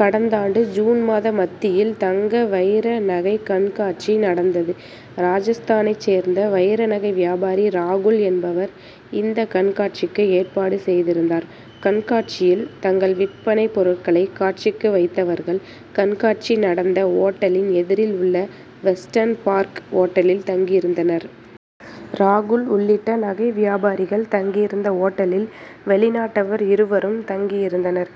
கடந்தாண்டு ஜூன் மாத மத்தியில் தங்க வைர நகை கண்காட்சி நடந்தது. ராஜஸ்தானைச் சேர்ந்த வைர நகை வியாபாரி ராகுல் என்பவர் இந்த கண்காட்சிக்கு ஏற்பாடு செய்திருந்தார். கண்காட்சியில் தங்கள் விற்பனை பொருட்களை காட்சிக்கு வைத்தவர்கள் கண்காட்சி நடந்த ஓட்டலின் எதிரில் உள்ள வெஸ்டர்ன் பார்க் ஓட்டலில் தங்கியிருந்தனர். ராகுல் உள்ளிட்ட நகை வியாபாரிகள் தங்கியிருந்த ஓட்டலில் வெளிநாட்டவர் இருவரும் தங்கியிருந்தனர்.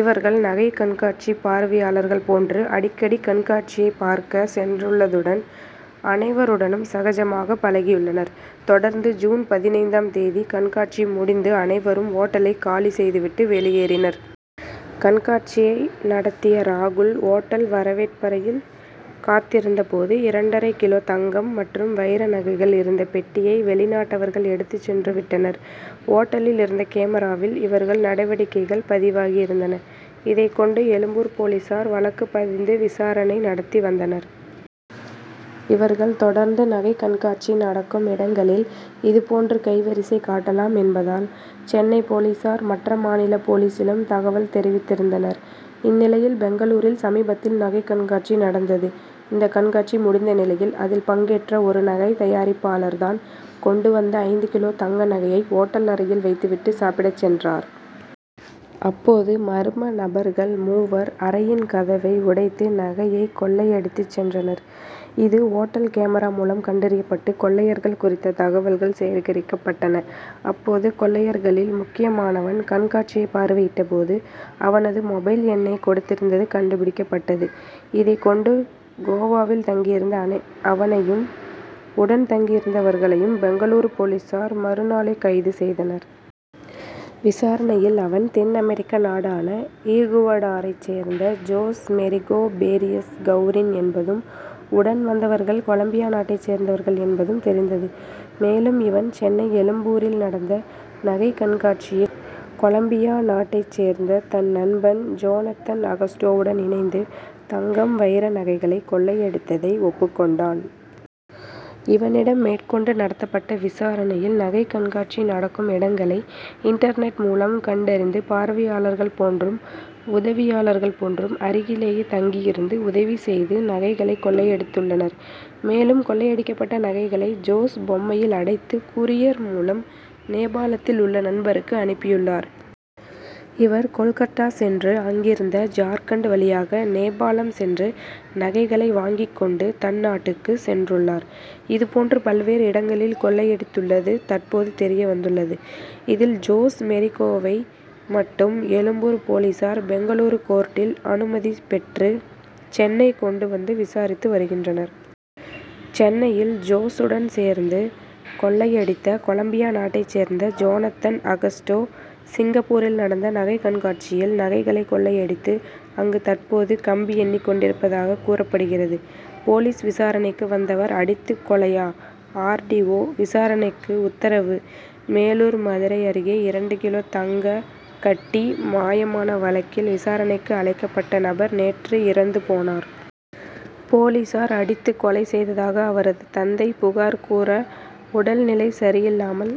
இவர்கள் நகை கண்காட்சி பார்வையாளர்கள் போன்று அடிக்கடி கண்காட்சியை பார்க்க சென்றுள்ளதுடன் அனைவருடனும் சகஜமாக பழகியுள்ளனர். தொடர்ந்து ஜூன் பதினைந்தாம் தேதி கண்காட்சி முடிந்து அனைவரும் ஓட்டலை காலி செய்து விட்டு வெளியேறினர். கண்காட்சியை நடத்திய ராகுல் ஓட்டல் வரவேற்பறையில் காத்திருந்த போது இரண்டரை கிலோ தங்கம் மற்றும் வைர நகைகள் இருந்த பெட்டியை வெளிநாட்டவர்கள் எடுத்துச் சென்று விட்டனர். ஓட்டலில் இருந்த கேமராவில் இவர்கள் நடவடிக்கைகள் பதிவாகியிருந்தன. இதைக் கொண்டு எழும்பூர் போலீசார் வழக்கு பதிந்து விசாரணை நடத்தி வந்தனர். இவர்கள் தொடர்ந்து நகை கண்காட்சி நடக்கும் இடங்களில் இதுபோன்று கைவரிசை காட்டலாம் என்பதால் சென்னை போலீசார் மற்ற மாநில போலீசிலும் தகவல் தெரிவித்திருந்தனர். இந்நிலையில் பெங்களூரில் சமீபத்தில் நகை கண்காட்சி நடந்தது. இந்த கண்காட்சி முடிந்த நிலையில் அதில் பங்கேற்ற ஒரு நகை தயாரிப்பாளர் தான் கொண்டு வந்த ஐந்து கிலோ தங்க நகையை ஓட்டல் அறையில் வைத்துவிட்டு சாப்பிடச் சென்றார். அப்போது மர்ம நபர்கள் மூவர் அறையின் கதவை உடைத்து நகையை கொள்ளையடித்துச் சென்றனர். இது ஓட்டல் கேமரா மூலம் கண்டறியப்பட்டு கொள்ளையர்கள் குறித்த தகவல்கள் சேகரிக்கப்பட்டன. அப்போது கொள்ளையர்களில் முக்கியமானவன் கண்காட்சியை பார்வையிட்ட போது அவனது மொபைல் எண்ணை கொடுத்திருந்தது கண்டுபிடிக்கப்பட்டது. இதை கொண்டு கோவாவில் தங்கியிருந்த அவனையும் உடன் தங்கியிருந்தவர்களையும் பெங்களூரு போலீசார் மறு நாளே கைது செய்தனர். விசாரணையில் அவன் தென்அமெரிக்க நாடான ஈகுவடாரைச் சேர்ந்த ஜோஸ் மேரிகோ பேரியஸ் கவுரின் என்பதும் உடன் வந்தவர்கள் கொலம்பியா நாட்டைச் சேர்ந்தவர்கள் என்பதும் தெரிந்தது. மேலும் இவன் சென்னை எழும்பூரில் நடந்த நகை கண்காட்சியில் கொலம்பியா நாட்டைச் சேர்ந்த தன் நண்பன் ஜோனத்தன் அகஸ்டோவுடன் இணைந்து தங்கம் வைர நகைகளை கொள்ளையடித்ததை ஒப்புக் கொண்டான். இவனிடம் மேற்கொண்டு நடத்தப்பட்ட விசாரணையில் நகை கண்காட்சி நடக்கும் இடங்களை இன்டர்நெட் மூலம் கண்டறிந்து பார்வையாளர்கள் போன்றும் உதவியாளர்கள் போன்றும் அருகிலேயே தங்கியிருந்து உதவி செய்து நகைகளை கொள்ளையடித்துள்ளனர். மேலும் கொள்ளையடிக்கப்பட்ட நகைகளை ஜோஸ் பொம்மையில் அடைத்து கூரியர் மூலம் நேபாளத்தில் உள்ள நண்பருக்கு அனுப்பியுள்ளார். இவர் கோல்கட்டா சென்று அங்கிருந்து ஜார்க்கண்ட் வழியாக நேபாளம் சென்று நகைகளை வாங்கிக் கொண்டு தன் நாட்டுக்கு சென்றுள்ளார். இது போன்று பல்வேறு இடங்களில் கொள்ளையடித்துள்ளது தற்போது தெரியவந்துள்ளது. இதில் ஜோஸ் மேரிகோவை மட்டும் எழும்பூர் போலீசார் பெங்களூரு கோர்ட்டில் அனுமதி பெற்று சென்னை கொண்டு வந்து விசாரித்து வருகின்றனர். சென்னையில் ஜோசுடன் சேர்ந்து கொள்ளையடித்த கொலம்பியா நாட்டைச் சேர்ந்த ஜோனத்தன் அகஸ்டோ சிங்கப்பூரில் நடந்த நகை கண்காட்சியில் நகைகளை கொள்ளையடித்து அங்கு தற்போது கம்பி எண்ணிக் கொண்டிருப்பதாக கூறப்படுகிறது. போலீஸ் விசாரணைக்கு வந்தவர் அடித்து கொலையா ஆர். டி. ஓ. விசாரணைக்கு உத்தரவு மேலூர் மதுரை அருகே இரண்டு கிலோ தங்க கட்டி மாயமான வழக்கில் விசாரணைக்கு அழைக்கப்பட்ட நபர் நேற்று இறந்து போனார். போலீசார் அடித்து கொலை செய்ததாக அவரது தந்தை புகார் கூற உடல் நிலை சரியில்லாமல்